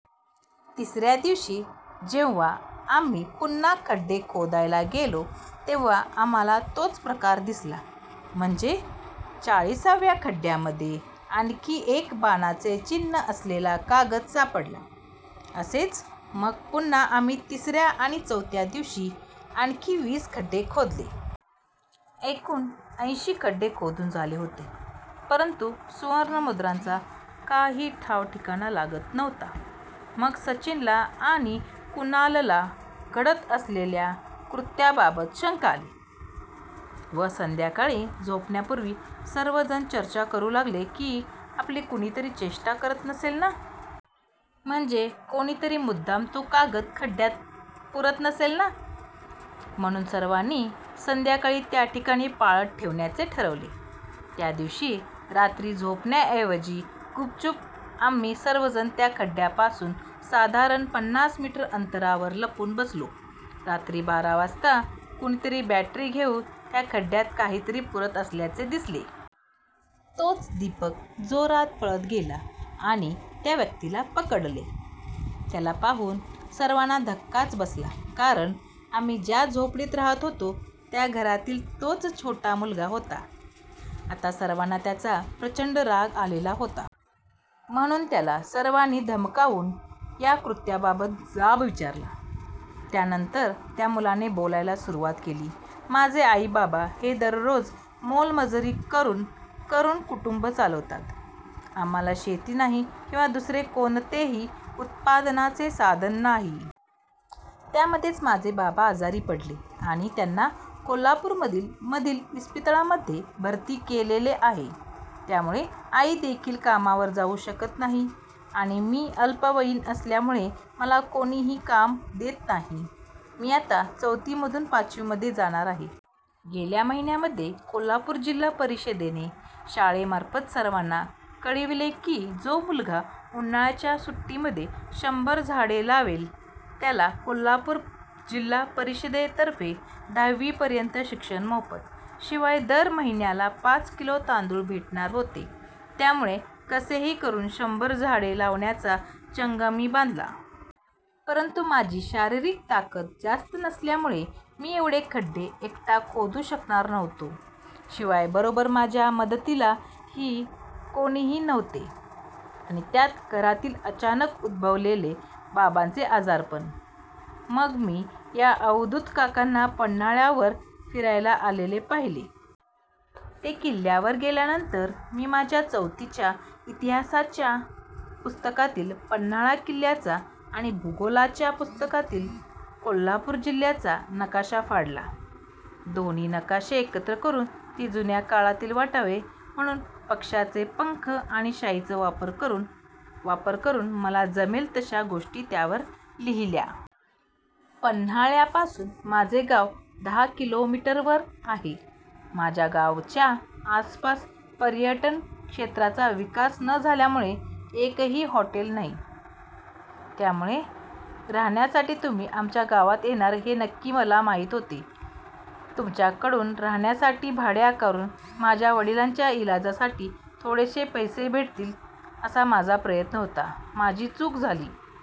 तिसऱ्या दिवशी जेव्हा आम्ही पुन्हा खड्डे खोदायला गेलो, तेव्हा आम्हाला तोच प्रकार दिसला. म्हणजे चाळीसाव्या खड्ड्यामध्ये आणखी एक बाणाचे चिन्ह असलेला कागद सापडला. असेच मग पुन्हा आम्ही तिसऱ्या आणि चौथ्या दिवशी आणखी वीस खड्डे खोदले. एकूण ऐंशी खड्डे खोदून झाले होते. परंतु सुवर्णमुद्रांचा काही ठावठिकाणा लागत नव्हता. मग सचिनला आणि कुणालला घडत असलेल्या कृत्याबाबत शंका आली व संध्याकाळी झोपण्यापूर्वी सर्वजण चर्चा करू लागले की आपली कुणीतरी चेष्टा करत नसेल ना? म्हणजे कोणीतरी मुद्दाम तो कागद खड्ड्यात पुरत नसेल ना? म्हणून सर्वांनी संध्याकाळी त्याठिकाणी पाळत ठेवण्याचे ठरवले. त्यादिवशी रात्री झोपण्याऐवजी गुपचूप आम्ही सर्वजण त्या खड्ड्यापासून साधारण पन्नास मीटर अंतरावर लपून बसलो. रात्री बारा वाजता कुणीतरी बॅटरी घेऊन त्या खड्ड्यात काहीतरी पुरत असल्याचे दिसले. तोच दीपक जोरात पळत गेला आणि त्या व्यक्तीला पकडले. त्याला पाहून सर्वांना धक्काच बसला, कारण आम्ही ज्या झोपडीत राहत होतो, त्या घरातील तोच छोटा मुलगा होता. आता सर्वांना त्याचा प्रचंड राग आलेला होता. म्हणून त्याला सर्वांनी धमकावून या कृत्याबाबत जाब विचारला. त्यानंतर त्या मुलाने बोलायला सुरुवात केली. माझे आई बाबा हे दररोज मोलमजुरी करून करून कुटुंब चालवता. आम्हाला शेती नाही किंवा दुसरे कोणतेही उत्पन्नाचे साधन नाही. त्यामध्येच माझे बाबा आजारी पडले आणि त्यांना कोल्हापूरमधील मधील इस्पितळांमध्ये भरती केलेले आहे. त्यामुळे आईदेखील कामावर जाऊ शकत नाही आणि मी अल्पवयीन असल्यामुळे मला कोणीही काम देत नाही. मी आता चौथीमधून पाचवीमध्ये जाणार आहे. गेल्या महिन्यामध्ये कोल्हापूर जिल्हा परिषदेने शाळेमार्फत सर्वांना कळविले की, जो मुलगा उन्हाळ्याच्या सुट्टीमध्ये शंभर झाडे लावेल, त्याला कोल्हापूर जिल्हा परिषदेतर्फे दहावीपर्यंत शिक्षण मोफत, शिवाय दर महिन्याला पाच किलो तांदूळ भेटणार होते. त्यामुळे कसेही करून शंभर झाडे लावण्याचा चंग मी बांधला. परंतु माझी शारीरिक ताकत जास्त नसल्यामुळे मी एवढे खड्डे एकटा खोदू शकणार नव्हतो. शिवाय बरोबर माझ्या मदतीला ही कोणीही नव्हते आणि त्यात घरातील अचानक उद्भवलेले बाबांचे आजारपण. मग मी, या अवधूत काकांना पन्हाळ्यावर फिरायला आलेले पाहिले. ते किल्ल्यावर गेल्यानंतर, मी माझ्या चौथीच्या इतिहासाच्या पुस्तकातील पन्हाळा किल्ल्याचा आणि भूगोलाच्या पुस्तकातील कोल्हापूर जिल्ह्याचा नकाशा फाडला. दोन्ही नकाशे एकत्र करून, ते जुन्या काळातील वाटावे म्हणून पक्षाचे पंख आणि शाईचा वापर करून वापर करून मला जमेल तशा गोष्टी त्यावर लिहिल्या. पन्हाळ्यापासून माझे गाव दहा किलोमीटरवर आहे. माझ्या गावच्या आसपास पर्यटन क्षेत्राचा विकास न झाल्यामुळे एकही हॉटेल नाही. त्यामुळे राहण्यासाठी तुम्ही आमच्या गावात येणार हे नक्की मला माहीत होते. तुमच्याकडून राहण्यासाठी भाडे आकारून, माझ्या वडिलांच्या इलाजासाठी थोडेसे पैसे भेटतील असा माझा प्रयत्न होता. माझी चूक झाली.